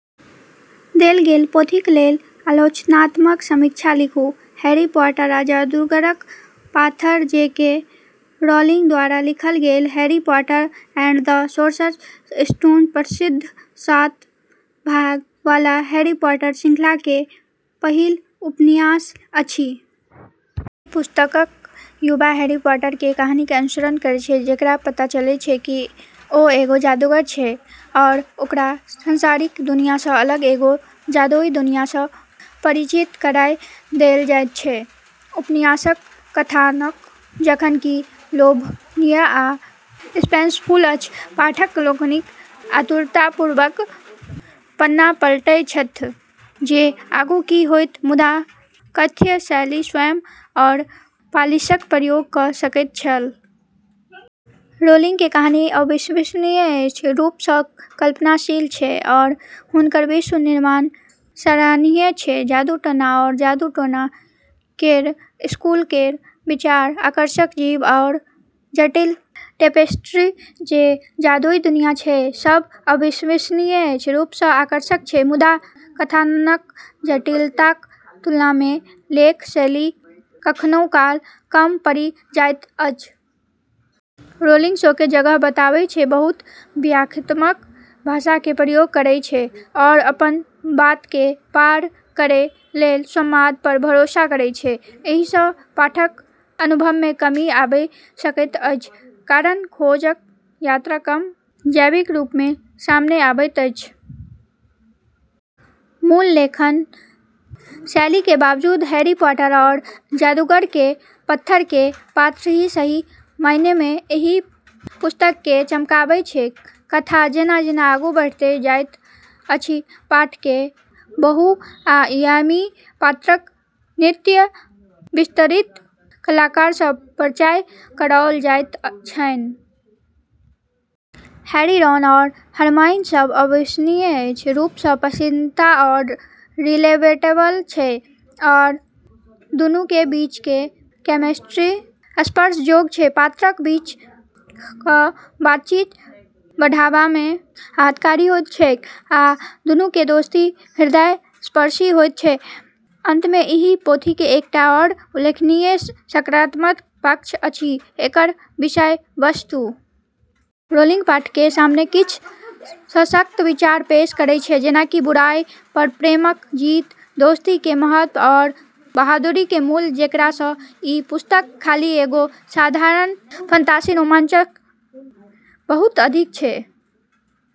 देल गेल पोथीक लेल आलोचनात्मक समीक्षा लिखू। हैरी पॉटर आ जादूगरक पाथर जे. के. रोलिंग द्वारा लिखल गेल Harry Potter and the Sorcerer's Stone प्रसिद्ध सात भाग वाला हैरी पॉटर श्रृंखलाके पहिल उपन्यास अछि। ई पुस्तक युवा हैरी पॉटरके कहानीके अनुसरण करै छै, जेकरा पता चलै छै कि ओ एगो जादूगर छै आओर ओकरा सांसारिक दुनियासँ अलग एगो जादुई दुनियासँ परिचित कराइ देल जाइत छै। उपन्यासक कथानक जखन कि लोभनीय आ सस्पेंसफुल अछि, पाठक लोकनि आतुरतापूर्वक पन्ना पलटैत छथि जे आगू की होइत, मुदा कथ्य शैली स्वयं आओर पालिशक प्रयोग क' सकैत छल। रोलिंगके कहानी अविश्वसनीय रूपसँ कल्पनाशील छै आओर हुनकर विश्व-निर्माण सराहनीय छै। जादू-टोना आओर जादू-टोना केर स्कूल केर विचार, आकर्षक जीव, आओर जटिल टेपेस्ट्री जे जादुई दुनिया छै, सब अविश्वसनीय रूपसँ आकर्षक छै। मुदा कथानकक जटिलताक तुलनामे लेखन शैली कखनऊ काल कम पड़ि जाइत अछि। रोलिंग शोके जगह बताबै छै, बहुत व्याख्यात्मक भाषाके प्रयोग करै छै आओर अपन बातके पार करै लेल संवाद पर भरोसा करै छै। एहिसँ पाठकक अनुभवमे कमी आबि सकैत अछि, कारण खोजक यात्रा कम जैविक रूपमे सामने अबैत अछि। मूल लेखन शैलीके बावजूद हैरी पॉटर आओर जादूगर केर पत्थर केर पात्र ही सही मायनेमे एहि पुस्तकके चमकाबै छै। कथा जेना-जेना आगू बढ़ैत जाइत अछि, पाठककेँ बहुआयामी पात्रक नित्य विस्तारित कलाकारसँ परिचय कराओल जाइत छनि। हैरी, रॉन, आओर हरमाइन सब अविश्वसनीय रूपसँ पसंदीदा आओर रिलेटेबल छै, आओर दुन्नूके बीचके केमिस्ट्री स्पर्शजोग छै। पात्रक बीचक बातचीत पढ़बामे आह्लादकारी होइत छैक, आ दुन्नूक दोस्ती हृदयस्पर्शी होइत छैक। अंतमे एहि पोथीक एकटा आओर उल्लेखनीय सकारात्मक पक्ष अछि एकर विषय-वस्तु। रोलिंग पाठकके सामने किछ सशक्त विचार पेश करै छै जेना कि बुराई पर प्रेमके जीत, दोस्तीके महत्व, आओर बहादुरीके मूल्य, जेकरा सँ ई पुस्तक खाली एगो साधारण फंतासी रोमांचसँ बहुत अधिक छै।